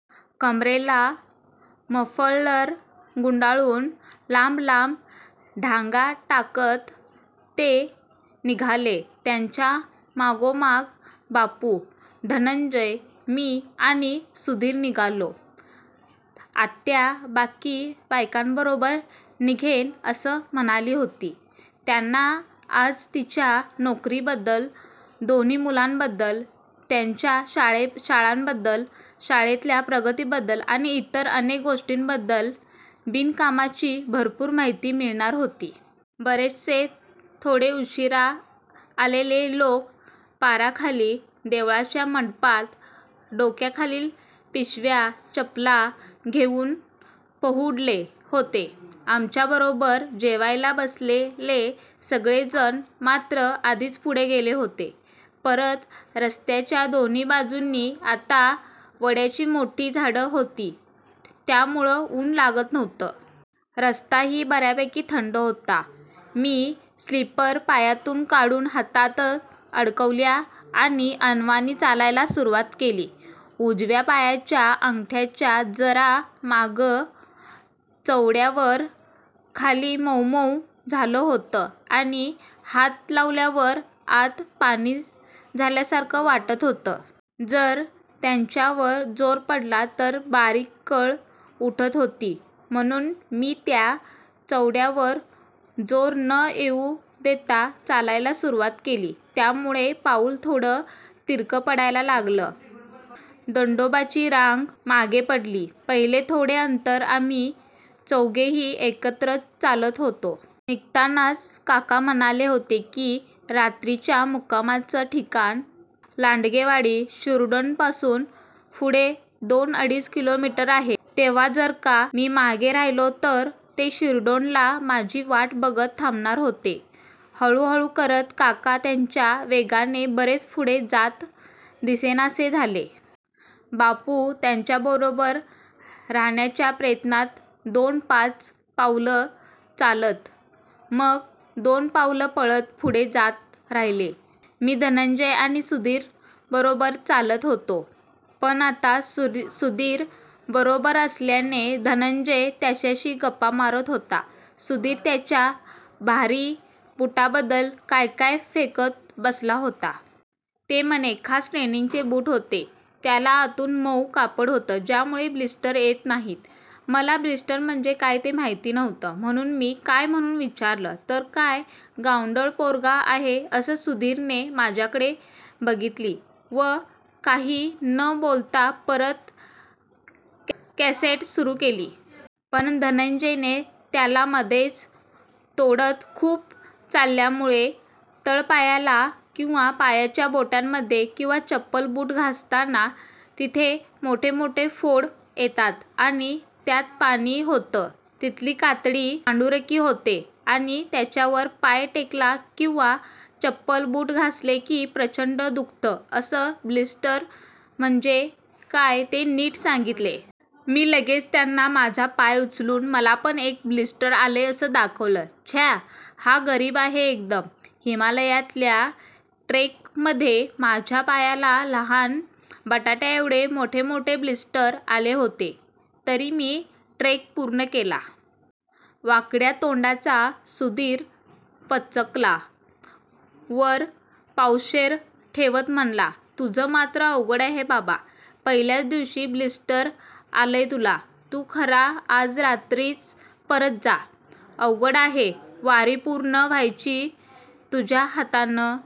कमरेला मफलर गुंडाळून लांब लांब ढांगा टाकत ते निघाले. त्यांच्या मागोमाग बापू, धनंजय, मी आणि सुधीर निघालो. आत्या बाकी बायकांबरोबर निघेन असं म्हणाली होती त्यांना आज तिच्या नोकरीबद्दल, दोन्ही मुलांबद्दल, त्यांच्या शाळांबद्दल, शाळेतल्या प्रगतीबद्दल आणि इतर अनेक गोष्टींबद्दल बिनकामाची भरपूर माहिती मिळणार होती. बरेचसे थोडे उशीरा आलेले लोक पाराखाली, देवळाच्या मंडपात, डोक्याखाली पिशव्या-चपला घेउन पहुडले होते. आमच्या बरोबर जेवायला बसलेले सगळेजण मात्र आधीच पुढे गेले होते. परत रस्त्याच्या दोन्ही बाजूनी आता वडाची मोठी झाडं होती त्यामुळं उन लागत नव्हतं. रस्ताही बर्यापैकी थंड होता. मी स्लीपर पायातून काढून हातात अडकवल्या आणि अनवाणी चालायला सुरुवात केली. उजव्या पायाच्या अंगठ्याच्या जरा मागं चवड्यावर खाली मउ मउ झालं होतं आणि हात लावल्यावर आत पाणी झाल्यासारखं वाटत होतं. जर त्याच्यावर जोर पडला तर बारीक कळ उठत होती. म्हणुन मी त्या चवड्यावर जोर न येउ देता चालायला सुरुवात केली. त्यामुळे पाउल थोडं तिरकं पडायला लागलं. दंडोबाची रांग मागे पडली. पहिले थोडे अंतर आम्ही चौघेही एकत्रच चालत होतो. निघतानाच काका म्हणाले होते की रात्रीच्या मुक्कामाचं ठिकाण, लांडगेवाडी, शिरढोणपासून पुढे दोन-अडीच किलोमीटर आहे. तेव्हा जर का मी मागे राहिलो तर ते शिरढोणला माझी वाट बघत थांबणार होते. हळुहळु करत काका त्यांच्या वेगाने बरेच पुढे जात दिसेनासे झाले. बापू त्यांच्याबरोबर राहण्याच्या प्रयत्नात दोन-पाच पावलं चालत, मग दोन पावलं पळत पुढे जात राहिले. मी धनंजय आणि सुधीर बरोबर चालत होतो. पण आता सुधीर बरोबर असल्याने धनंजय त्याच्याशीच गप्पा मारत होता. सुधीर त्याच्या भारी बुटांबद्दल काय काय फेकत बसला होता. ते म्हणे खास ट्रेकिंगचे बूट होते. त्याला आतून मउ कापड होतं ज्यामुळे ब्लिस्टर येत नाहीत. मला ब्लिस्टर म्हणजे काय ते माहिती नव्हतं म्हणुन मी काय म्हणुन विचारलं तर काय गावंढळ पोरगा आहे असं सुधीरने माझ्याकडे बघितली व काही न बोलता परत कॅसेट सुरु केली. पण धनंजयने त्याला मध्येच तोडत खूप चालल्यामुळे तळपायाला किंवा पायाच्या बोटांमध्ये किंवा चप्पल-बूट घासतात तिथे मोठे मोठे फोड येतात आणि त्यात पाणी होतं. तिथली कातडी पांढुरकी होते आणि त्याच्यावर पाय टेकला किंवा चप्पल-बूट घासले की प्रचंड दुखतं असं ब्लिस्टर म्हणजे काय ते नीट सांगितले. मी लगेच त्यांना माझा पाय उचलून मला पण एक ब्लिस्टर आलाय असं दाखवलं. छ्या! हा गरीब आहे एकदम. हिमालयातल्या ट्रेकमध्ये माझ्या पायाला लहान बटाट्याएव्हडे मोठे मोठे ब्लिस्टर आले होते. तरी मी ट्रेक पूर्ण केला. वाकड्या तोंड्याचा सुधीर पचकला. वर पावशेर ठेवत म्हणाला, तुझं मात्र अवघड आहे बाबा. पहिल्याच दिवशी ब्लिस्टर आलाय तुला. तू खरा आज रात्रीच परत जा. अवघड आहे वारी पूर्ण व्हायची तुझ्या हातनं